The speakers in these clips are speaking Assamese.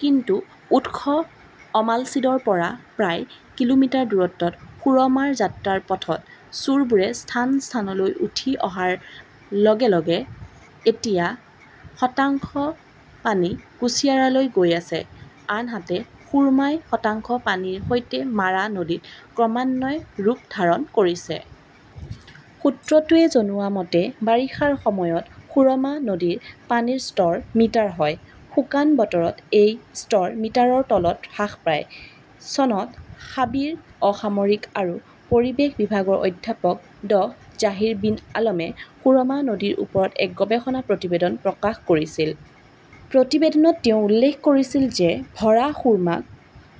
কিন্তু উৎস অমালছিদৰ পৰা প্ৰায় কিলোমিটাৰ দূৰত্বত সুৰমাৰ যাত্ৰাৰ পথত চোৰবোৰে স্থান-স্থানলৈ উঠি অহাৰ লগে লগে এতিয়া শতাংশ পানী কুশিয়াৰালৈ গৈ আছে। আনহাতে সুৰ্মাই শতাংশ পানীৰ সৈতে মাৰা নদীত ক্ৰমান্বয়ে ৰূপ ধাৰণ কৰিছে। সূত্ৰটোৱে জনোৱা মতে, বাৰিষাৰ সময়ত সুৰমা নদীৰ পানীৰ স্তৰ মিটাৰ হয়। শুকান বতৰত এই স্তৰ মিটাৰৰ তলত হ্ৰাস পায়। চনত শাবিৰ অসামৰিক আৰু পৰিৱেশ বিভাগৰ অধ্যাপক ড জাহিৰ বিন আলমে সুৰমা নদীৰ ওপৰত এক গৱেষণা প্ৰতিবেদন প্ৰকাশ কৰিছিল। প্ৰতিবেদনত তেওঁ উল্লেখ কৰিছিল যে ভৰা সুৰ্মাক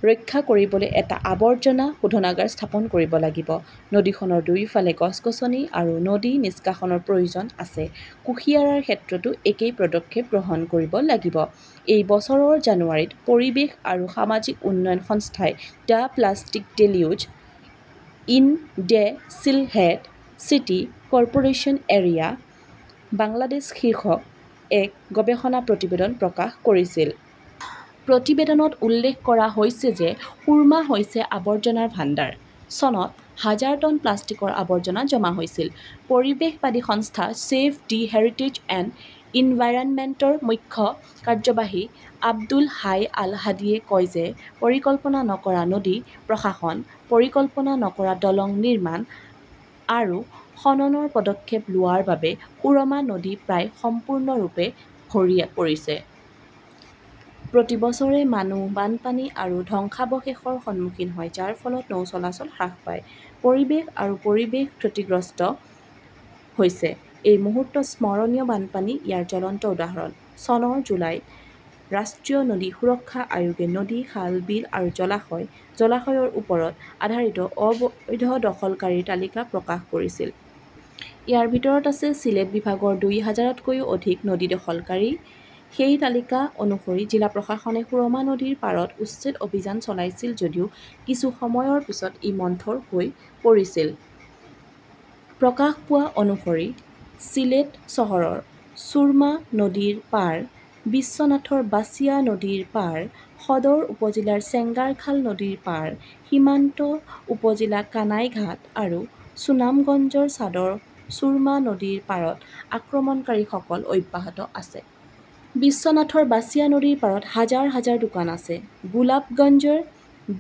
ৰক্ষা কৰিবলৈ এটা আৱৰ্জনা শোধনাগাৰ স্থাপন কৰিব লাগিব। নদীখনৰ দুয়োফালে গছ-গছনি আৰু নদী নিষ্কাশনৰ প্ৰয়োজন আছে। কুশিয়াৰাৰ ক্ষেত্ৰতো একেই পদক্ষেপ গ্ৰহণ কৰিব লাগিব। এই বছৰৰ জানুৱাৰীত পৰিৱেশ আৰু সামাজিক উন্নয়ন সংস্থাই "the plastic deluge in the Sylhet city corporation area, Bangladesh" শীৰ্ষক এক গৱেষণা প্ৰতিবেদন প্ৰকাশ কৰিছিল। প্ৰতিবেদনত উল্লেখ কৰা হৈছে যে সুৰ্মা হৈছে আৱৰ্জনাৰ ভাণ্ডাৰ। চনত হাজাৰ টন প্লাষ্টিকৰ আৱৰ্জনা জমা হৈছিল। পৰিৱেশবাদী সংস্থা ছেভ দ্য হেৰিটেজ এণ্ড এনভাইৰনমেণ্টৰ মুখ্য কাৰ্যবাহী আব্দুল হাই আল হাদীয়ে কয় যে পৰিকল্পনা নকৰা নদী প্ৰশাসন, পৰিকল্পনা নকৰা দলং নিৰ্মাণ আৰু খননৰ পদক্ষেপ লোৱাৰ বাবে সুৰমা নদী প্ৰায় সম্পূৰ্ণৰূপে ভৰি পৰিছে। প্ৰতি বছৰে মানুহ বানপানী আৰু ধ্বংসাৱশেষৰ সন্মুখীন হয়, যাৰ ফলত নৌ-চলাচল হ্ৰাস পায়। পৰিৱেশ আৰু পৰিৱেশ ক্ষতিগ্ৰস্ত হৈছে। এই মুহূৰ্তত স্মৰণীয় বানপানী ইয়াৰ জ্বলন্ত উদাহৰণ। চনৰ জুলাইত ৰাষ্ট্ৰীয় নদী সুৰক্ষা আয়োগে নদী, খাল-বিল আৰু জলাশয়-জলাশয়ৰ ওপৰত আধাৰিত অবৈধ দখলকাৰীৰ তালিকা প্ৰকাশ কৰিছিল। ইয়াৰ ভিতৰত আছে চিলেট বিভাগৰ দুই হাজাৰতকৈও অধিক নদী দখলকাৰী। এই তালিকা অনুসৰি জিলা প্ৰশাসনে সুৰমা নদীৰ পাৰত উচ্ছেদ অভিযান চলাইছিল যদিও কিছু সময়ৰ পিছত ই মন্থৰ হৈ পৰিছিল। প্ৰকাশ পোৱা অনুসৰি শ্বিলেট চহৰৰ ছুৰমা নদীৰ পাৰ, বিশ্বনাথৰ বাচিয়া নদীৰ পাৰ, সদৰ উপ-জিলাৰ চেঙ্গাৰখাল নদীৰ পাৰ, সীমান্তৰ উপ-জিলা কানাইঘাট আৰু সুনামগঞ্জৰ ছাদৰ চুৰমা নদীৰ পাৰত আক্ৰমণকাৰীসকল অব্যাহত আছে। বিশ্বনাথত বাসিয়া নদীৰ পাৰত হাজাৰ হাজাৰ দোকান আছে। গুলাবগঞ্জৰ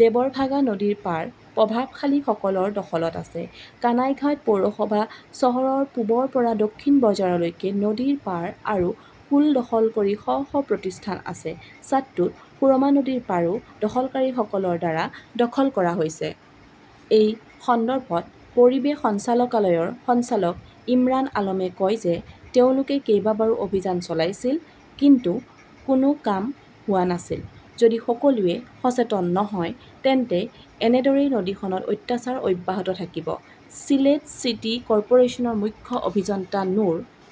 দেৱৰভাগা নদীৰ পাৰ প্ৰভাৱশালীসকলৰ দখলত আছে। কানাইঘাট পৌৰসভা চহৰৰ পূবৰ পৰা দক্ষিণ বজাৰলৈকে নদীৰ পাৰ আৰু কুল দখল কৰি শ শ প্ৰতিষ্ঠান আছে। ছাদটোত সুৰমা নদীৰ পাৰো দখলকাৰীসকলৰ দ্বাৰা দখল কৰা হৈছিল। এই সন্দৰ্ভত পৰিৱেশ সঞ্চালকালয়ৰ সঞ্চালক ইমৰান আলমে কয় যে তেওঁলোকে কেইবাবাৰো অভিযান চলাইছিল। কিন্তু কোনো কাম হোৱা নাছিল। যদি সকলোৱে সচেতন নহয় তেন্তে এনেদৰেই নদীখনত অত্যাচাৰ অব্যাহত থাকিব। শ্বিলেট চিটি কৰ্পোৰেচনৰ মুখ্য অভিযন্তা নুৰ